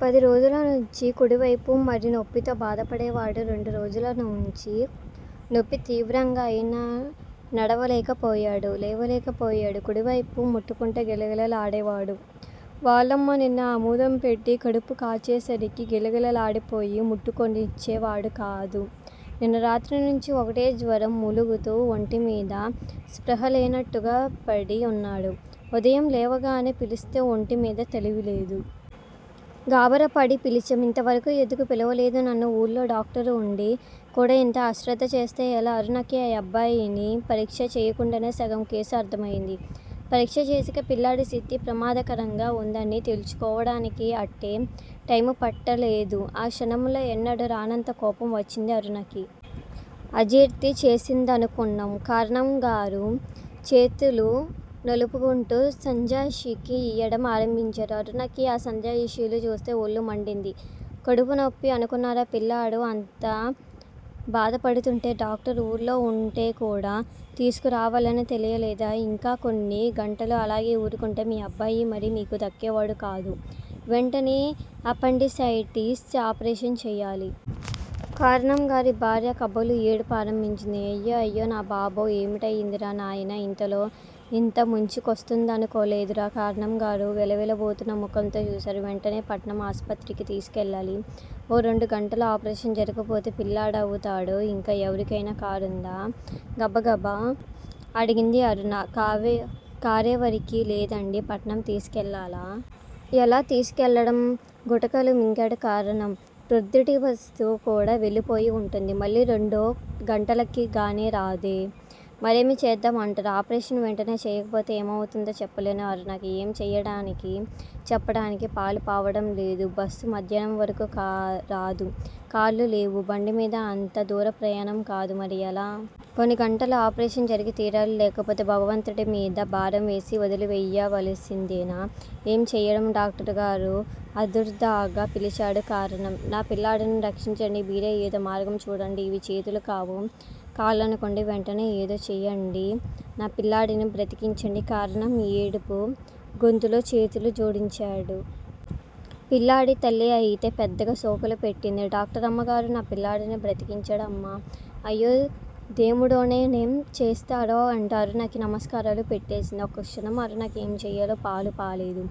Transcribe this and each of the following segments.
పదిరోజులనించి కుడివైపు మరి నొప్పితో బాధపడేవాడు, రెండు రోజులనించి నొప్పి తీవ్రంగా అయినడవలేకపోయాడు. లేవలేకపోయాడు. కుడివైపు ముట్టుకుంటే గిలగిల లాడేవాడు. వాళ్ళమ్మ నిన్న ఆముదం పెట్టి కడుపుకాచేసరికి గిలగిలలాడిపోయి ముట్టుకోనిచ్చేవాడుకాదు. నిన్న రాత్రినించి ఒకటే జ్వరం మూలుగుతూ ఒంటిమీద స్పృహలేనట్టుపడి ఉన్నాడు. ఉదయంలేవగానే పిలిస్తే ఒంటిమీద తెలివిలేదు. గాబరాపడి పిలిచాం. ఇంతవరకు ఎందుకు పిలవలేదు నన్ను? ఊళ్ళో డాక్టరు ఉండి కూడా ఇంత అశ్రద్ద చేస్తే ఎలా? అరుణకి ఆ అబ్బాయిని పరీక్ష చేయకుండానే సగం కేసు అర్ధమయింది. పరీక్ష చేశాక పిల్లాడి స్థితి ప్రమాదకరంగా ఉందని తేల్చుకోవడానికి అట్టే టైముపట్టలేదు. ఆ క్షణంలో ఎన్నడూ రానంతకోపం వచ్చింది అరుణకి. అజీర్తిచేసిందనుకున్నాం కరణంగారు చేతులునలుపుకుంటూ సంజాయిషీ ఈయడం ఆరంభించారు. అరుణకి ఆ సంజాయిషీలు చూస్తే ఒళ్ళు మండింది కడుపు నొప్పి అనుకున్నారా? పిల్లాడు అంతబాధపడుతుంటే డాక్టరు ఊళ్ళో ఉంటేకూడా తీసుకురావాలని తెలియలేదా? ఇంకా కొన్ని గంటలు అలాగే ఊరుకుంటే మీ అబ్బాయి మరిమీకు దక్కేవాడుకాదు. వెంటనే అపెండిసైటీస్ ఆపరేషన్ చేయాలి. కరణంగారి భార్య కాబోలు ఏడుపు ఆరంభించింది అయ్యో అయ్యో నా బాబో ఏమిటయిందిరా నాయనా ఇంతలో ఇంతముంచుకొస్తుందనుకోలేదురా కరణంగారు వెలవెలబోతున్న ముఖంతో చూశారు. వెంటనేపట్నం ఆస్పత్రికి తీసుకెళ్ళాలి. ఓ రెండు గంటల్లో ఆపరేషన్ జరగకపోతే పిల్లాడేవుతాడో? ఇక్కడ ఎవరికైనా కారుందా? గబగబా అడిగింది అరుణ. కారెవరికీ లేదండీ పట్నంతీసుకెళ్ళాలా? ఎలాతీసుకెళ్ళడం? గుటకలు మింగాడు కరణం. ప్రొద్దుటిబస్సుకూడా వెళ్ళిపోయి ఉంటుంది. మళ్ళీ రెండు గంటలకి గానీరాదే? మరేమీచేద్దామంటారు? ఆపరేషన్ వెంటనే చెయ్యకపోతే ఏమవుతుందో చెప్పలేను. అరుణకి ఏం చెయ్యడానికి చెప్పడానికి పాలుపోవడంలేదు. బస్సు మధ్యాహ్నం వరకు రాదు. కార్లు లేవు, బండిమీద అంత దూరంప్రయాణం కాదు. మరిఎలా? కొన్ని గంటల్లో ఆపరేషన్ జరిగి తీరాలి లేకపోతే భగవంతుడిమీద భారం వేసి వదిలివేయవలసిందేనా? ఏం చెయ్యడం? డాక్టరుగారూ: ఆదుర్దాగా పిలిచాడు కారణం. నా పిల్లాడిని రక్షించండి మీరే ఏదో మార్గం చూడండి ఇవి చేతులు కావు. కాళ్ళనుకోండి వెంటనేఏదో చేయండి నాపిల్లాడిని బ్రతికించండి కారణం ఏడుపు గొంతుతో చేతులు జోడించాడు. పిల్లాడి తల్లిఅయితే పెద్దగా శోకలు పెట్టింది. డాక్టరమ్మగారూ, నా పిల్లాడిని బ్రతికించండమ్మా అయ్యో దేముడోనేనేం చేస్తానో అంటూ అరుణకి నమస్కారాలు పెట్టేసింది. ఒక్కక్షణం అరుణకి ఏం చెయ్యాలో పాలు పోలేదు.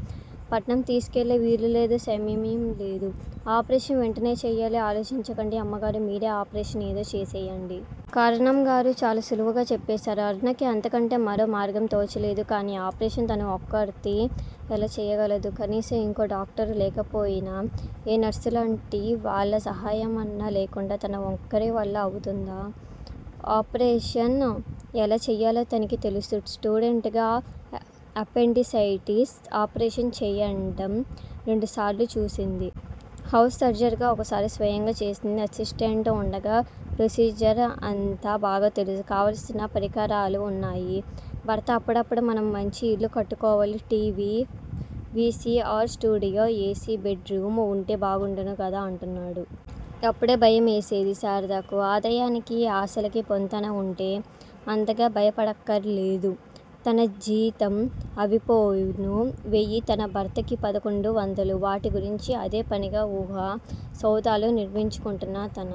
పట్నంతీసుకెళ్ళే వీలులేదు. సమయం లేదు. ఆపరేషన్ వెంటనేచెయ్యాలి. ఆలోచించకండి అమ్మగారూ మీరే ఆ ఆపరేషన్ ఏదో చేసెయ్యండి. కరణంగారు చాలా సులువుగా చెప్పేశారు. అరుణకి అంతకంటే మరో మార్గంతోచలేదు కానీ ఆపరేషన్ తను ఒక్కర్తీ ఎలా చేయగలదు? కనీసం ఇంకో డాక్టరు లేకపోయినా ఏ నర్సులాంటి వాళ్ళసహాయమన్నా లేకుండా తన ఒక్కరివల్ల అవుతుందా? ఆపరేషన్ ఎలా చెయ్యాలో తనకి తెలుసు స్టూడెంట్ గా అపెండిసైటిస్ ఆపరేషన్ చేయడం రెండుసార్లు చూసింది. హౌస్ సర్జన్ గా ఒకసారి స్వయంగా చేసింది. అసిస్టెంట్ ఉండగా ప్రొసీజర్ అంతా బాగాతెలుసు కావాల్సిన పరికరాలు ఉన్నాయి. భర్త అప్పుడప్పుడు మనం మంచి ఇల్లు కట్టుకోవాలి T. V, V. C. R stereo A. C. Bedroom ఉంటే బావుండును కదా అంటుంటాడు. అప్పుడే భయమేసేది శారదకు. ఆదాయానికి, ఆశలకి పొంతన ఉంటే అంతగా భయపడక్కర్లేదు. తన జీతం అవిపోను వెయ్యి తన భర్తకి పదకొండు వందలు. వాటి గురించి అదే పనిగా ఊహా సౌధాలు నిర్మించుకుంటున్న తన